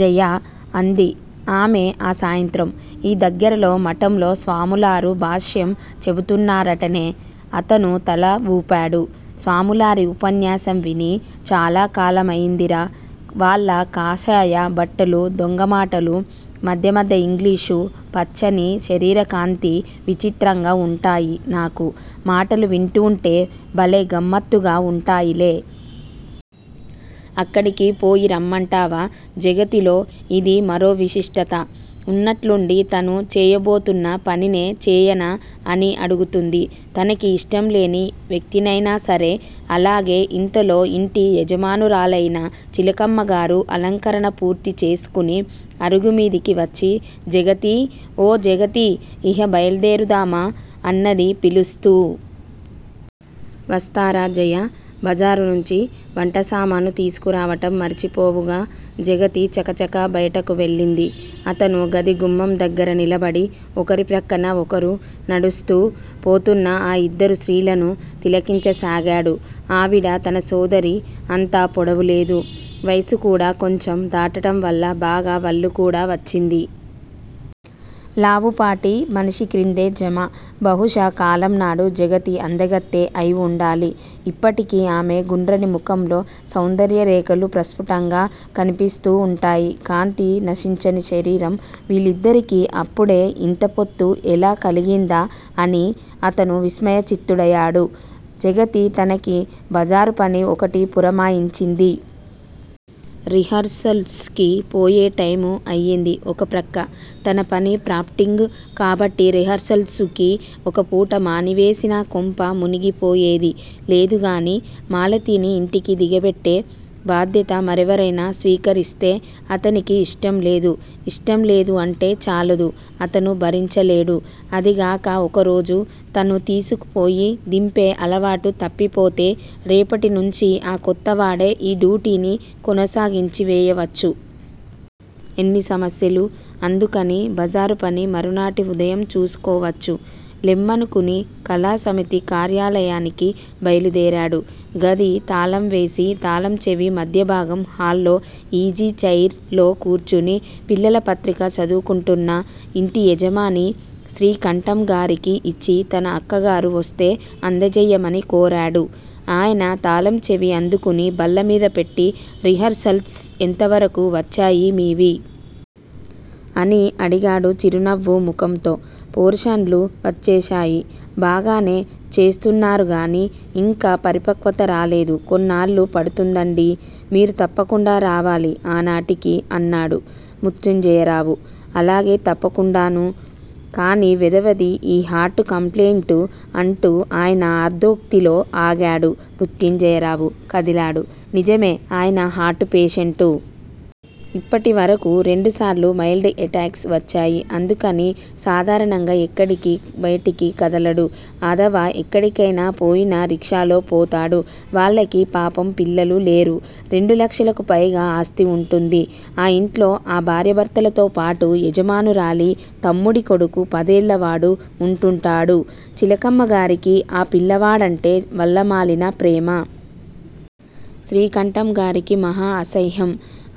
జయా! అంది ఆమె ఆ సాయంత్రం. ఈ దగ్గరలో మఠంలో స్వాములారు భాష్యం చెబుతున్నారటనే. అతను తల వూపాడు. స్వాములారి ఉపన్యాసం విని చాలాకాలమయిందిరా. వాళ్ళ కాషాయ బట్టలూ, దొంగమాటలూ, మధ్యమధ్య యింగ్లీషూ, పచ్చని శరీరకాంతీ విచిత్రంగా వుంటాయి నాకు. మాటలు వింటూంటే భలే గమ్మత్తుగా వుంటాయిలే. అక్కడికి పోయిరమ్మంటావా? జగతిలో యిది మరో విశిష్టత. ఉన్నట్లుండి తను చేయబోతున్న పనినే చేయనా అని అడుగుతుంది. తనకి యిష్టంలేని వ్యక్తినైనాసరే. అలాగే ఇంతలో యింటి యజమానురాలయిన చిలకమ్మగారు అలంకరణ పూర్తి చేసుకుని అరుగుమీదికి వచ్చి జగతీ! ఓ జగతీ! ఇహ బయల్దేరుదామా? అన్నది పిలుస్తూ. వస్తారా జయా! బజారునుంచి వంటసామాను తీసుకురావటం మరిచిపోవుగా? జగతి చకచకా బయటకు వెళ్ళింది. అతను గదిగుమ్మం దగ్గర నిలబడి ఒకరి ప్రక్కన ఒకరు నడుస్తూ పోతున్న ఆ యిద్దరు స్త్రీలనూ తిలకించసాగాడు. ఆవిడ తన సోదరి అంత పొడవులేదు. వయసుకూడా కొంచెం దాటటంవల్ల బాగా వళ్లుకూడా వచ్చింది. లావుపాటి మనిషిక్రిందే జమ. బహుశా కాలంనాడు జగతి అందగత్తె అయివుండాలి. ఇప్పటికి ఆమె గుండ్రని ముఖంలో సౌందర్యరేఖలు ప్రస్ఫుటంగా కనిపిస్తూ వుంటాయి. కాంతి నశించని శరీరం. వీళ్ళిద్దరికీ అప్పుడే యింత పొత్తు ఎలా కలిగిందా అని అతను విస్మయచిత్తుడయాడు. జగతి తనకి బజారుపని ఒకటి పురమాయించింది. రిహార్సల్సుకి పోయే టైము అయింది ఒకప్రక్క. తనపని ప్రాంప్టింగ్ కాబట్టి రిహార్సల్సుకి ఒకపూట మానివేసినా కొంప మునిగిపోయేది లేదుగాని, మాలతిని యింటికి దిగబెట్టే బాధ్యత మరెవరైనా స్వీకరిస్తే? అతనికి యిష్టంలేదు. ఇష్టంలేదు అంటే చాలదు. అతను భరించలేడు. అదిగాక ఒకరోజు తను తీసుకుపోయి దింపే అలవాటు తప్పిపోతే, రేపటినుంచీ ఆ కొత్తవాడే ఈ డ్యూటీని కొనసాగించివేయవచ్చు. ఎన్ని సమస్యలూ. అందుకని బజారుపని మరునాటి ఉదయం చూసుకోవచ్చు లెమ్మనుకుని కళాసమితి కార్యాలయానికి బయలుదేరాడు. గది తాళంవేసి, తాళంచెవి మధ్యభాగం హాల్లో యీజీచైర్ లో కూర్చుని పిల్లల పత్రిక చదువుకుంటూన్న యింటియజమాని శ్రీకంఠంగారికి యిచ్చి తన అక్కగారు వొస్తే అందజెయ్యమని కోరాడు. ఆయన తాళంచెవి అందుకుని బల్లమీదపెట్టి రిహార్సల్స్ ఎంతవరకూ వచ్చాయి మీవి? అని అడిగాడు చిరునవ్వు ముఖంతో. పోర్షన్లు వచ్చేశాయి. బాగానే చేస్తున్నారుగానీ యింకా పరిపక్వత రాలేదు. కొన్నాళ్ళు పడుతుందండీ. మీరు తప్పకుండా రావాలి ఆనాటికి అన్నాడు మృత్యుంజయరావు. అలాగే తప్పకుండానూ, కాని వెధవది ఈ హార్టుకంప్లెయింటు అంటూ ఆయన ఆర్దోక్తిలో ఆగాడు. మృత్యుంజయరావు కదిలాడు. నిజమే, ఆయన హార్టు పేషెంటు. ఇప్పటివరకూ రెండుసార్లు మైల్డ్ ఎటాక్స్ వచ్చాయి. అందుకని సాధారణంగా ఎక్కడికీ బయటికి కదలడు. అధవా ఎక్కడికైనా పోయినా రిక్షాలో పోతాడు. వాళ్ళకి పాపం పిల్లలులేరు. రెండులక్షలకు పైగా ఆస్తివుంటుంది. ఆ యింట్లో ఆ భార్యాభర్తలతోపాటు యజమానురాలి తమ్ముడి కొడుకు పదేళ్ళవాడు వుంటూంటాడు. చిలకమ్మగారికి ఆ పిల్లవాడంటే వల్లమాలిన ప్రేమ. శ్రీకంఠంగారికి మహా అసహ్యం.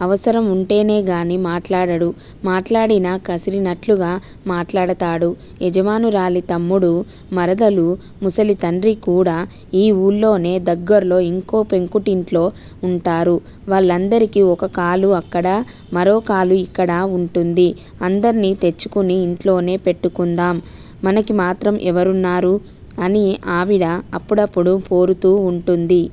అవసరం వుంటేనేగాని మాట్లాడడు. మాట్లాడినా కసిరినట్లుగా మాట్లాడతాడు. యజమానురాలి తమ్ముడూ, మరదలూ, ముసలితండ్రికూడా యీ ఊళ్ళోనే దగ్గర్లో యింకో పెంకుటింట్లో వుంటారు. వాళ్ళందరికీ ఒకకాలు అక్కడా, మరోకాలు యిక్కడా వుంటుంది. అందర్నీ తెచ్చుకుని యింట్లోనే పెట్టుకుందాం, మనకిమాత్రం ఎవరున్నారు? అని ఆవిడ అప్పుడప్పుడూ పోరుతూ వుంటుంది.